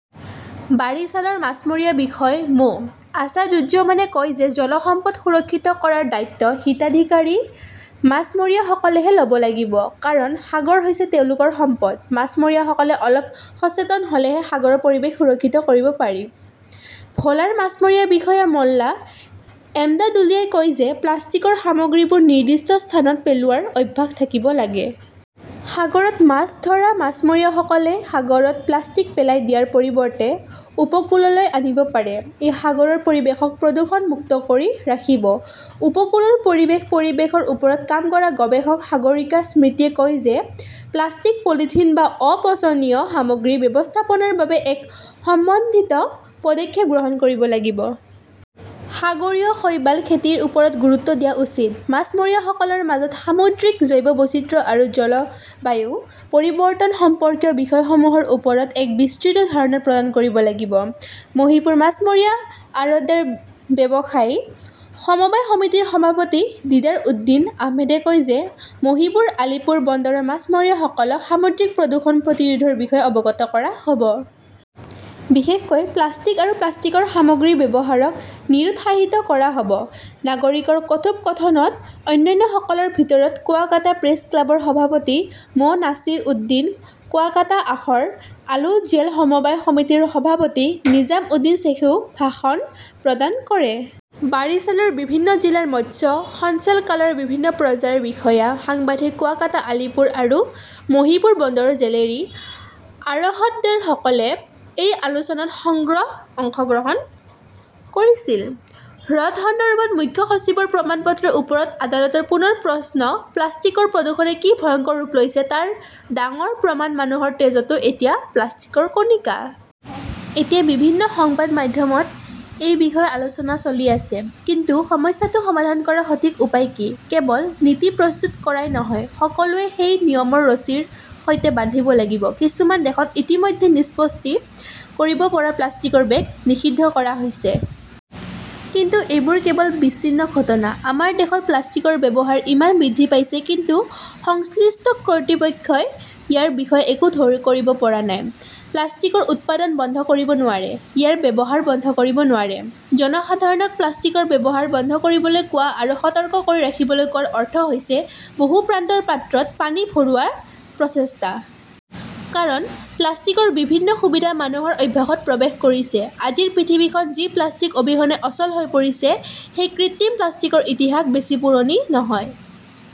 বাৰিছালৰ মাছমৰীয়া বিষয়া মো. আছাদুজ্জমানে কয় যে, "জল সম্পদ সুৰক্ষিত কৰাৰ দায়িত্ব হিতাধিকাৰী মাছমৰীয়াসকলেহে ল'ব লাগিব। কাৰণ, সাগৰ হৈছে তেওঁলোকৰ সম্পদ। মাছমৰীয়াসকলে অলপ সচেতন হ'লেহে সাগৰৰ পৰিৱেশ সুৰক্ষিত কৰিব পাৰি।" ভোলাৰ মাছমৰীয়া বিষয়া মল্লা এমদাদুলিয়াই কয় যে, "প্লাষ্টিকৰ সামগ্ৰীবোৰ নিৰ্দিষ্ট স্থানত পেলোৱাৰ অভ্যাস থাকিব লাগিব। সাগৰত মাছ ধৰা মাছমৰীয়াসকলে সাগৰত প্লাষ্টিক পেলাই দিয়াৰ পৰিৱৰ্তে উপকূললৈ আনিব পাৰে। ই সাগৰৰ পৰিৱেশক প্ৰদূষণ মুক্ত কৰি ৰাখিব।" উপকূলৰ পৰিৱেশ-পৰিৱেশৰ ওপৰত কাম কৰা গৱেষক সাগৰিকা স্মৃতিয়ে কয় যে, "প্লাষ্টিক-পলিথিন বা অপচনীয় সামগ্ৰী ব্যৱস্থাপনাৰ বাবে এক সমন্বিত পদক্ষেপ গ্ৰহণ কৰিব লাগিব। সাগৰীয় শৈবাল খেতিৰ ওপৰত গুৰুত্ব দিয়া উচিত। মাছমৰীয়াসকলৰ মাজত সামুদ্ৰিক জৈৱ বৈচিত্ৰ্য আৰু জলবায়ু পৰিৱৰ্তন সম্পৰ্কীয় বিষয়সমূহৰ ওপৰত এক বিস্তৃত ধাৰণা প্ৰদান কৰিব লাগিব।" মহীপুৰ মাছমৰীয়া আৰতদাৰ ব্যৱসায়ী সমবায় সমিতিৰ সভাপতি দীদাৰ উদ্দীন আহমেদে কয় যে, "মহীপুৰ-আলীপুৰ বন্দৰৰ মাছমৰীয়াসকলক সামুদ্ৰিক প্ৰদূষণ প্ৰতিৰোধৰ বিষয়ে অৱগত কৰা হ'ব। বিশেষকৈ প্লাষ্টিক আৰু প্লাষ্টিকৰ সামগ্ৰীৰ ব্যৱহাৰক নিৰুৎসাহিত কৰা হ'ব।" নাগৰিকৰ কথোপকথনত অন্যান্যসকলৰ ভিতৰত কুৱাকাটা প্ৰেছ ক্লাবৰ সভাপতি মো. নাছিৰ উদ্দীন, কুৱাকাটা আশৰ আলো জেল সমবায় সমিতিৰ সভাপতি নিজাম উদ্দীন শ্বেইখেও ভাষণ প্ৰদান কৰে। বাৰিছালৰ বিভিন্ন জিলাৰ মৎস্য সঞ্চালকালয়ৰ বিভিন্ন পৰ্যায়ৰ বিষয়া, সাংবাদিক, কুৱাকাটা, আলীপুৰ আৰু মহীপুৰ বন্দৰৰ জেলেৰী, আৰহতদাৰসকলে এই আলোচনাত অংশগ্ৰহণ কৰিছিল। হ্ৰদ সন্দৰ্ভত মুখ্য সচিবৰ প্ৰমাণপত্ৰৰ ওপৰত আদালতৰ পুনৰ প্ৰশ্ন প্লাষ্টিকৰ প্ৰদূষণে কি ভয়ংকৰ ৰূপ লৈছে তাৰ ডাঙৰ প্ৰমাণ, মানুহৰ তেজতো এতিয়া প্লাষ্টিকৰ কণিকা। এতিয়া বিভিন্ন সংবাদ মাধ্যমত এই বিষয়ে আলোচনা চলি আছে। কিন্তু সমস্যাটো সমাধান কৰাৰ সঠিক উপায় কি? কেৱল নীতি প্ৰস্তুত কৰাই নহয়, সকলোৱে সেই নিয়মৰ ৰছীৰ সৈতে বান্ধিব লাগিব। কিছুমান দেশত ইতিমধ্যে নিষ্পত্তি কৰিব পৰা প্লাষ্টিকৰ বেগ নিষিদ্ধ কৰা হৈছে। কিন্তু এইবোৰ কেৱল বিচ্ছিন্ন ঘটনা। আমাৰ দেশত প্লাষ্টিকৰ ব্যৱহাৰ ইমান বৃদ্ধি পাইছে, কিন্তু সংশ্লিষ্ট কৰ্তৃপক্ষই ইয়াৰ বিষয়ে একো কৰিব পৰা নাই। প্লাষ্টিকৰ উৎপাদন বন্ধ কৰিব নোৱাৰে, ইয়াৰ ব্যৱহাৰ বন্ধ কৰিব নোৱাৰে। জনসাধাৰণক প্লাষ্টিকৰ ব্যৱহাৰ বন্ধ কৰিবলৈ কোৱা আৰু সতৰ্ক কৰি ৰাখিবলৈ কোৱাৰ অৰ্থ হৈছে বহু-প্ৰান্তৰ পাত্ৰত পানী ভৰোৱাৰ প্ৰচেষ্টা। কাৰণ, প্লাষ্টিকৰ বিভিন্ন সুবিধা মানুহৰ অভ্যাসত প্ৰৱেশ কৰিছে। আজিৰ পৃথিৱীখন যি প্লাষ্টিক অবিহনে অচল হৈ পৰিছে, সেই কৃত্ৰিম প্লাষ্টিকৰ ইতিহাস বেছি পুৰণি নহয়।